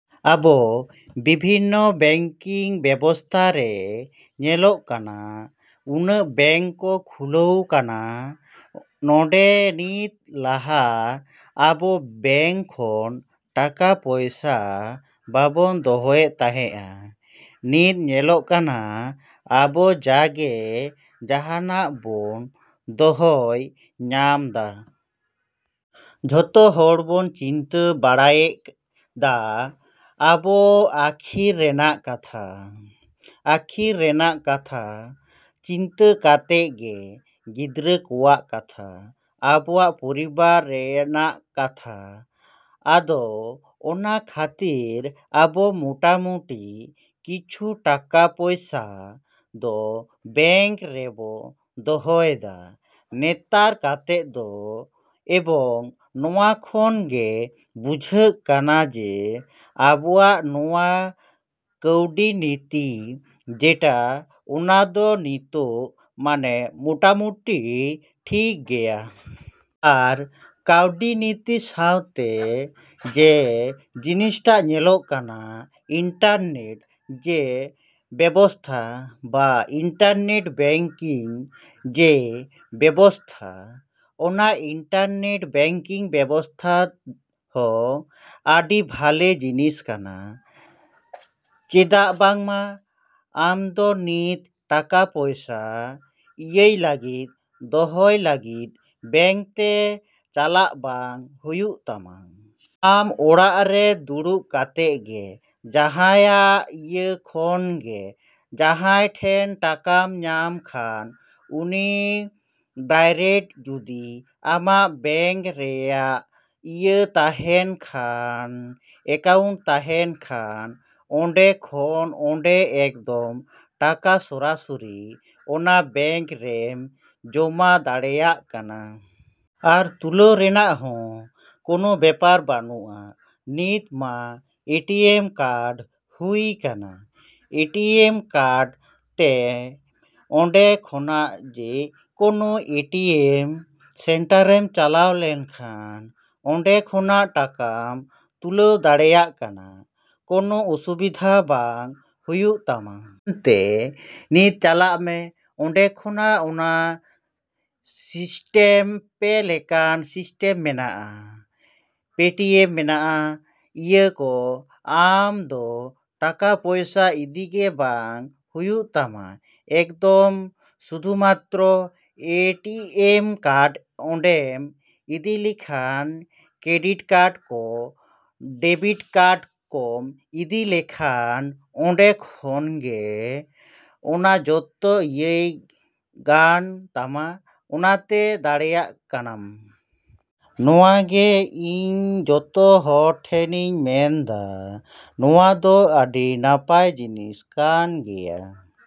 ‎ᱟᱵᱚ ᱵᱤᱵᱷᱤᱱᱱᱚ ᱵᱮᱝᱠᱤᱝ ᱵᱮᱵᱚᱥᱛᱟ ᱨᱮ ᱧᱮᱞᱚᱜ ᱠᱟᱱᱟ, ᱩᱱᱟᱹᱜ ᱵᱮᱝᱠ ᱠᱚ ᱠᱷᱩᱞᱟᱹᱣ ᱠᱟᱱᱟ ᱱᱚᱰᱮ ᱱᱤᱛ ᱞᱟᱦᱟ ᱟᱵᱚ ᱵᱮᱝᱠ ᱠᱷᱚᱱ ᱴᱟᱠᱟ ᱯᱚᱭᱥᱟ ᱵᱟᱵᱚᱱ ᱫᱚᱦᱚᱭᱮᱫ ᱛᱟᱦᱮᱸᱜᱼᱟ, ᱱᱤᱛ ᱧᱮᱞᱚᱜ ᱠᱟᱱᱟ ᱟᱵᱚ ᱡᱟᱜᱮ ᱡᱟᱦᱟᱸᱱᱟᱜ ᱵᱚ ᱫᱚᱦᱚᱭ ᱧᱟᱢ ᱫᱟ᱾ ᱡᱚᱛᱚ ᱦᱚᱲ ᱵᱚ ᱪᱤᱱᱛᱟᱹ ᱵᱷᱟᱵᱽᱱᱭ ᱫᱟ ᱟᱵᱚ ᱟᱠᱷᱤᱨ ᱨᱮᱱᱟᱜ ᱠᱟᱛᱷᱟ, ᱟᱠᱷᱤᱨ ᱨᱮᱱᱟᱜ ᱠᱟᱛᱷᱟ ᱪᱤᱱᱛᱟᱹ ᱠᱟᱛᱮᱜ ᱜᱮ ᱜᱤᱫᱽᱨᱟᱹ ᱠᱚᱣᱟᱜ ᱠᱟᱛᱷᱟ, ᱟᱵᱚᱣᱟᱜ ᱯᱚᱨᱤᱵᱟᱨ ᱨᱮᱱᱟᱜ ᱠᱟᱛᱷᱟ ᱟᱫᱚ ᱚᱱᱟ ᱠᱷᱟᱹᱛᱤᱨ ᱟᱵᱚ ᱢᱚᱴᱟᱢᱩᱴᱤ ᱠᱤᱪᱷᱩ ᱴᱟᱠᱟ ᱯᱚᱭᱥᱟ ᱫᱚ ᱵᱮᱝᱠ ᱨᱮᱵᱚ ᱫᱚᱦᱚᱭ ᱫᱟ ᱱᱮᱛᱟᱨ ᱠᱟᱛᱮᱜ ᱫᱚ, ᱮᱵᱚᱝ ᱱᱚᱣᱟ ᱠᱷᱚᱱ ᱜᱮ ᱵᱩᱡᱷᱟᱹᱜ ᱠᱟᱱᱟ ᱡᱮ ᱟᱵᱚᱣᱟᱜ ᱱᱚᱣᱟ ᱠᱟᱹᱣᱰᱤ ᱱᱤᱛᱤ ᱡᱮᱴᱟ ᱚᱱᱟ ᱫᱚ ᱱᱤᱛᱚᱜ ᱢᱟᱱᱮ ᱢᱚᱴᱟᱢᱩᱴᱤ ᱴᱷᱤᱠ ᱜᱮᱭᱟ᱾ ᱟᱨ ᱠᱟᱣᱰᱤ ᱱᱤᱛᱤ ᱥᱟᱶᱛᱮ ᱡᱮ ᱡᱤᱱᱤᱥᱴᱟ ᱧᱮᱞᱚᱜ ᱠᱟᱱᱟ ᱤᱱᱴᱟᱨᱱᱮᱹᱴ ᱡᱮ ᱵᱮᱵᱚᱥᱛᱷᱟ ᱵᱟ ᱤᱱᱴᱟᱨᱱᱮᱹᱴ ᱵᱮᱝᱠᱤᱝ ᱡᱮ ᱵᱮᱵᱚᱥᱛᱟ ᱚᱱᱟ ᱤᱱᱴᱟᱨᱱᱮᱹᱴ ᱵᱮᱝᱠᱤᱝ ᱵᱮᱵᱚᱥᱛᱟ ᱦᱚᱸ ᱟᱰᱤ ᱵᱷᱟᱞᱮ ᱡᱤᱱᱤᱥ ᱠᱟᱱᱟ᱾ ᱪᱮᱫᱟᱜ ᱵᱟᱝᱢᱟ ᱟᱢᱫᱚ ᱱᱤᱛ ᱴᱟᱠᱟ ᱯᱚᱭᱥᱟ ᱤᱭᱟᱹᱭ ᱞᱟᱹᱜᱤᱫ, ᱫᱚᱦᱚᱭ ᱞᱟᱹᱜᱤᱫ ᱵᱮᱝᱠ ᱛᱮ ᱪᱟᱞᱟᱜ ᱵᱟᱝ ᱦᱩᱭᱩᱜ ᱛᱟᱢᱟ᱾ ᱟᱢ ᱚᱲᱟᱜ ᱨᱮ ᱫᱩᱲᱩᱵ ᱠᱟᱛᱮᱜ ᱜᱮ ᱡᱟᱦᱟᱸᱭᱟᱜ ᱤᱭᱟᱹ ᱠᱷᱚᱱ ᱜᱮ, ᱡᱟᱦᱟᱸᱭ ᱴᱷᱮᱱ ᱴᱟᱠᱟᱢ ᱧᱟᱢ ᱠᱷᱟᱱ ᱩᱱᱤ ᱰᱟᱭᱨᱮᱠᱴ ᱡᱩᱫᱤ ᱟᱢᱟᱜ ᱵᱮᱝᱠ ᱨᱮᱭᱟᱜ ᱤᱭᱟᱹ ᱛᱟᱦᱮᱸᱱ ᱠᱷᱟᱱ ᱮᱠᱟᱣᱩᱱᱴ ᱛᱟᱦᱮᱸᱱ ᱠᱷᱟᱱ ᱚᱸᱰᱮ ᱠᱷᱚᱱ ᱚᱸᱰᱮ ᱮᱠᱫᱚᱢ ᱴᱟᱠᱟ ᱥᱚᱨᱟᱥᱚᱨᱤ ᱚᱱᱟ ᱵᱮᱝᱠ ᱨᱮᱢ ᱡᱚᱢᱟ ᱫᱟᱲᱮᱭᱟᱜ ᱠᱟᱱᱟ᱾ ᱟᱨ ᱛᱩᱞᱟᱹᱣ ᱨᱮᱱᱟᱜ ᱦᱚᱸ ᱠᱚᱱᱚ ᱵᱮᱯᱟᱨ ᱵᱟᱱᱩᱜᱼᱟ ᱱᱤᱛ ᱢᱟ ᱮ ᱴᱤ ᱮᱢ ᱠᱟᱨᱰ ᱦᱩᱭ ᱠᱟᱱᱟ ᱮ ᱴᱤ ᱮᱢ ᱠᱟᱨᱰ ᱛᱮᱢ ᱚᱸᱰᱮ ᱠᱷᱚᱱᱟᱜ ᱡᱮ ᱠᱳᱱᱳ ᱮ ᱴᱤ ᱮᱢ ᱥᱮᱱᱴᱟᱨᱮᱢ ᱪᱟᱞᱟᱣ ᱞᱮᱱᱠᱷᱟᱱ ᱚᱸᱰᱮ ᱠᱷᱚᱱᱟᱜ ᱴᱟᱠᱟᱢ ᱛᱩᱞᱟᱹᱣ ᱫᱟᱲᱮᱭᱟᱜ ᱠᱟᱱᱟ, ᱠᱳᱱᱳ ᱚᱥᱩᱵᱤᱫᱟ ᱵᱟᱝ ᱦᱩᱭᱩᱜ ᱛᱟᱢᱟ᱾ ᱫᱚᱠᱟᱱ ᱛᱮ ᱱᱤᱛ ᱪᱟᱞᱟᱜ ᱢᱮ ᱚᱸᱰᱮ ᱠᱷᱚᱱᱟᱜ ᱚᱱᱟ ᱥᱤᱥᱴᱮᱢ ᱯᱮ ᱞᱮᱠᱟᱱ ᱥᱤᱥᱴᱮᱢ ᱢᱮᱱᱟᱜᱼᱟ, ᱯᱮᱴᱤᱮᱢ ᱢᱮᱱᱟᱜᱼᱟ ᱤᱭᱟᱹ ᱠᱚ, ᱟᱢ ᱫᱚ ᱴᱟᱠᱟ ᱯᱚᱭᱥᱟ ᱤᱫᱤᱜᱮ ᱵᱟᱝ ᱦᱩᱭᱩᱜ ᱛᱟᱢᱟ ᱮᱠᱫᱚᱢ ᱥᱩᱫᱷᱩᱢᱟᱛᱨᱚ ᱮ ᱴᱤ ᱮᱢ ᱠᱟᱨᱰ ᱚᱸᱰᱮᱢ ᱤᱫᱤᱞᱮᱠᱷᱟᱱ ᱠᱨᱮᱰᱤᱴ ᱠᱟᱨᱰ ᱠᱚ ᱵᱟ ᱰᱮᱹᱵᱤᱴ ᱠᱟᱨᱰ ᱠᱚᱢ ᱤᱫᱤ ᱞᱮᱠᱷᱟᱱ ᱚᱸᱰᱮ ᱠᱷᱚᱱ ᱜᱮ ᱚᱱᱟ ᱡᱚᱛᱚ ᱤᱭᱟᱹᱜ ᱠᱟᱱ ᱛᱟᱢᱟ ᱚᱱᱟᱛᱮ ᱫᱟᱲᱮᱭᱟᱜ ᱠᱟᱱᱟᱢ᱾ ᱱᱚᱣᱟ ᱜᱮ ᱤᱧ ᱡᱚᱛᱚ ᱦᱚᱲ ᱴᱷᱮᱱᱤᱧ ᱢᱮᱱ ᱫᱟ ᱱᱚᱣᱟ ᱫᱚ ᱟᱰᱤ ᱱᱟᱯᱟᱭ ᱡᱤᱱᱤᱥ ᱠᱟᱱ ᱜᱮᱭᱟ᱾।